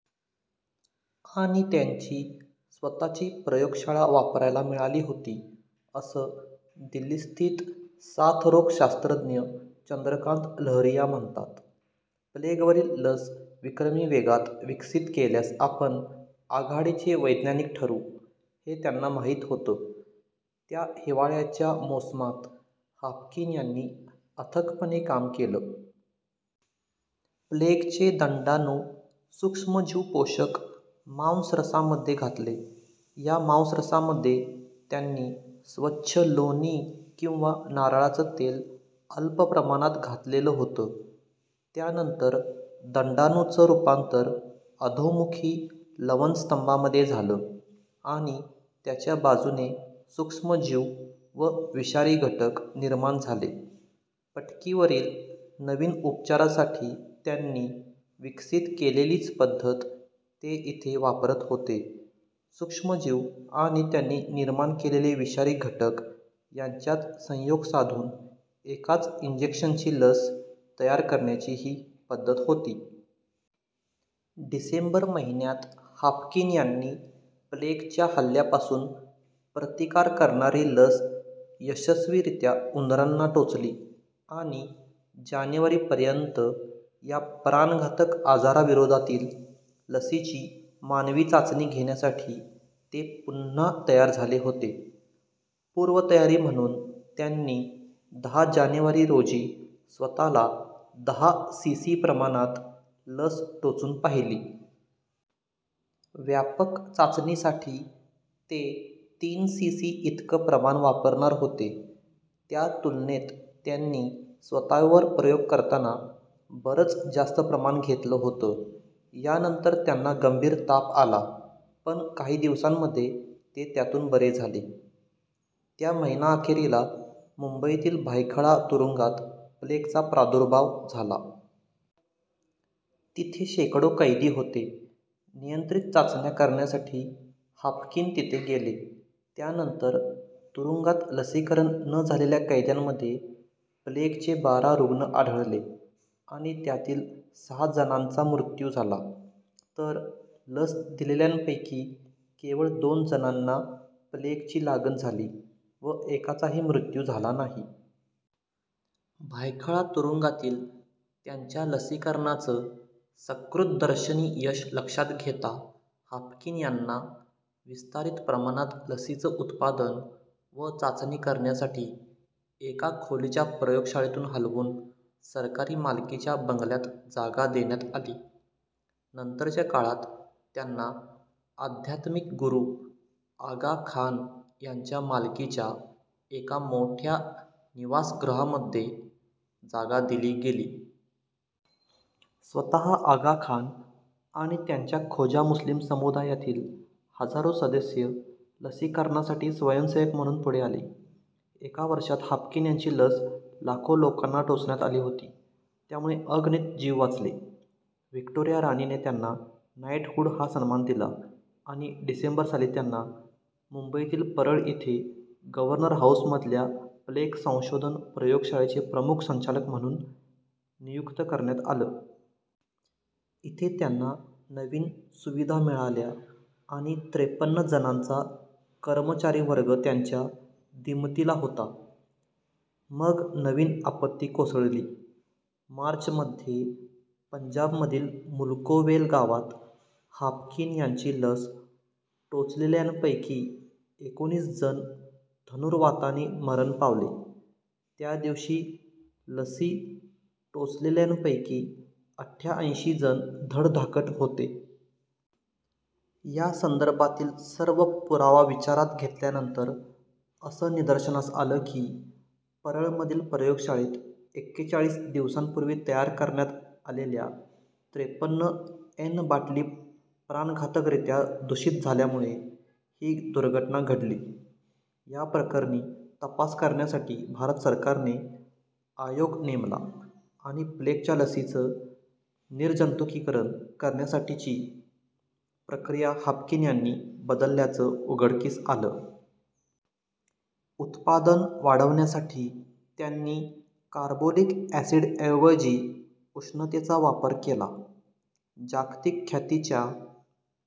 आणि त्यांची स्वतःची प्रयोगशाळा वापरायला मिळाली होती, असं दिल्लीस्थित साथरोगशास्त्रज्ञ चंद्रकांत लहरिया म्हणतात. प्लेगवरील लस विक्रमी वेगात विकसित केल्यास आपण आघाडीचे वैज्ञानिक ठरू, हे त्यांना माहीत होतं. त्या हिवाळ्याच्या मोसमात हाफकिन यांनी अथकपणे काम केलं. प्लेगचे दंडाणू सूक्ष्मजीवपोषक मांसरसामध्ये घातले, या मांसरसामध्ये त्यांनी स्वच्छ लोणी किंवा नारळाचं तेल अल्प प्रमाणात घातलेलं होतं, त्यानंतर दंडाणुचं रूपांतर अधोमुखी लवणस्तंभामध्ये झालं, आणि त्याच्या बाजूने सूक्ष्मजीव व विषारी घटक निर्माण झाले. पटकीवरील नवीन उपचारासाठी त्यांनी विकसित केलेलीच पद्धत ते इथे वापरत होते सूक्ष्मजीव आणि त्यांनी निर्माण केलेले विषारी घटक यांच्यात संयोग साधून एकाच इंजेक्शनची लस तयार करण्याची ही पद्धत होती. डिसेंबर महिन्यात हाफकिन यांनी प्लेगच्या हल्ल्यापासून प्रतिकार करणारी लस यशस्वीरित्या उंदरांना टोचली आणि जानेवारी पर्यंत या प्राणघातक आजाराविरोधातील लसीची मानवी चाचणी घेण्यासाठी ते पुन्हा तयार झाले होते. पूर्वतयारी म्हणून त्यांनी दहा जानेवारी रोजी स्वतःला दहा सीसी प्रमाणात लस टोचून पाहिली. व्यापक चाचणीसाठी ते तीन सीसी इतकं प्रमाण वापरणार होते, त्या तुलनेत त्यांनी स्वतःवर प्रयोग करताना बरंच जास्त प्रमाण घेतलं होतं. यानंतर त्यांना गंभीर ताप आला, पण काही दिवसांमध्ये ते त्यातून बरे झाले. त्या महिन्याअखेरीला मुंबईतील भायखळा तुरुंगात प्लेगचा प्रादुर्भाव झाला. तिथे शेकडो कैदी होते. नियंत्रित चाचण्या करण्यासाठी हाफकिन तिथे गेले. त्यानंतर तुरुंगात लसीकरण न झालेल्या कैद्यांमध्ये प्लेगचे बारा रुग्ण आढळले आणि त्यातील सहा जणांचा मृत्यू झाला, तर लस दिलेल्यांपैकी केवळ दोन जणांना प्लेगची लागण झाली, व एकाचाही मृत्यू झाला नाही. भायखळा तुरुंगातील त्यांच्या लसीकरणाचं सकृत्दर्शनी यश लक्षात घेता हाफकिन यांना विस्तारीत प्रमाणात लसीचं उत्पादन व चाचणी करण्यासाठी एका खोलीच्या प्रयोगशाळेतून हलवून सरकारी मालकीच्या बंगल्यात जागा देण्यात आली. नंतरच्या काळात त्यांना अध्यात्मिक गुरू आगा खान यांच्या मालकीच्या एका मोठ्या निवासगृहामध्ये जागा दिली गेली. स्वतः आगा खान आणि त्यांच्या खोजा मुस्लीम समुदायातील हजारो सदस्य लसीकरणासाठी स्वयंसेवक म्हणून पुढे आले. एका वर्षात हाफकिन यांची लस लाखो लोकांना टोचण्यात आली होती, त्यामुळे अगणित जीव वाचले. व्हिक्टोरिया राणीने त्यांना नाइटहूड हा सन्मान दिला आणि डिसेंबर साली त्यांना मुंबईतील परळ इथे गव्हर्नर हाऊसमधल्या प्लेग संशोधन प्रयोगशाळेचे प्रमुख संचालक म्हणून नियुक्त करण्यात आलं. इथे त्यांना नवीन सुविधा मिळाल्या आणि त्रेपन्न जणांचा कर्मचारीवर्ग त्यांच्या दिमतीला होता. मग नवीन आपत्ती कोसळली. मार्च मध्ये पंजाबमधील मुल्कोवेल गावात हाफकिन यांची लस टोचलेल्यांपैकी एकोणीस जण धनुर्वाताने मरण पावले. त्या दिवशी लसी टोचलेल्यांपैकी अठ्ठ्याऐंशी जण धडधाकट होते. या संदर्भातील सर्व पुरावा विचारात घेतल्यानंतर असं निदर्शनास आलं की, परळमधील प्रयोगशाळेत एक्केचाळीस दिवसांपूर्वी तयार करण्यात आलेल्या त्रेपन्न एन बाटली प्राणघातकरित्या दूषित झाल्यामुळे ही दुर्घटना घडली. या प्रकरणी तपास करण्यासाठी भारत सरकारने आयोग नेमला, आणि प्लेगच्या लसीचं निर्जंतुकीकरण करण्यासाठीची प्रक्रिया हाफकिन यांनी बदलल्याचं उघडकीस आलं. उत्पादन वाढवण्यासाठी त्यांनी कार्बोलिक ॲसिडऐवजी उष्णतेचा वापर केला. जागतिक ख्यातीच्या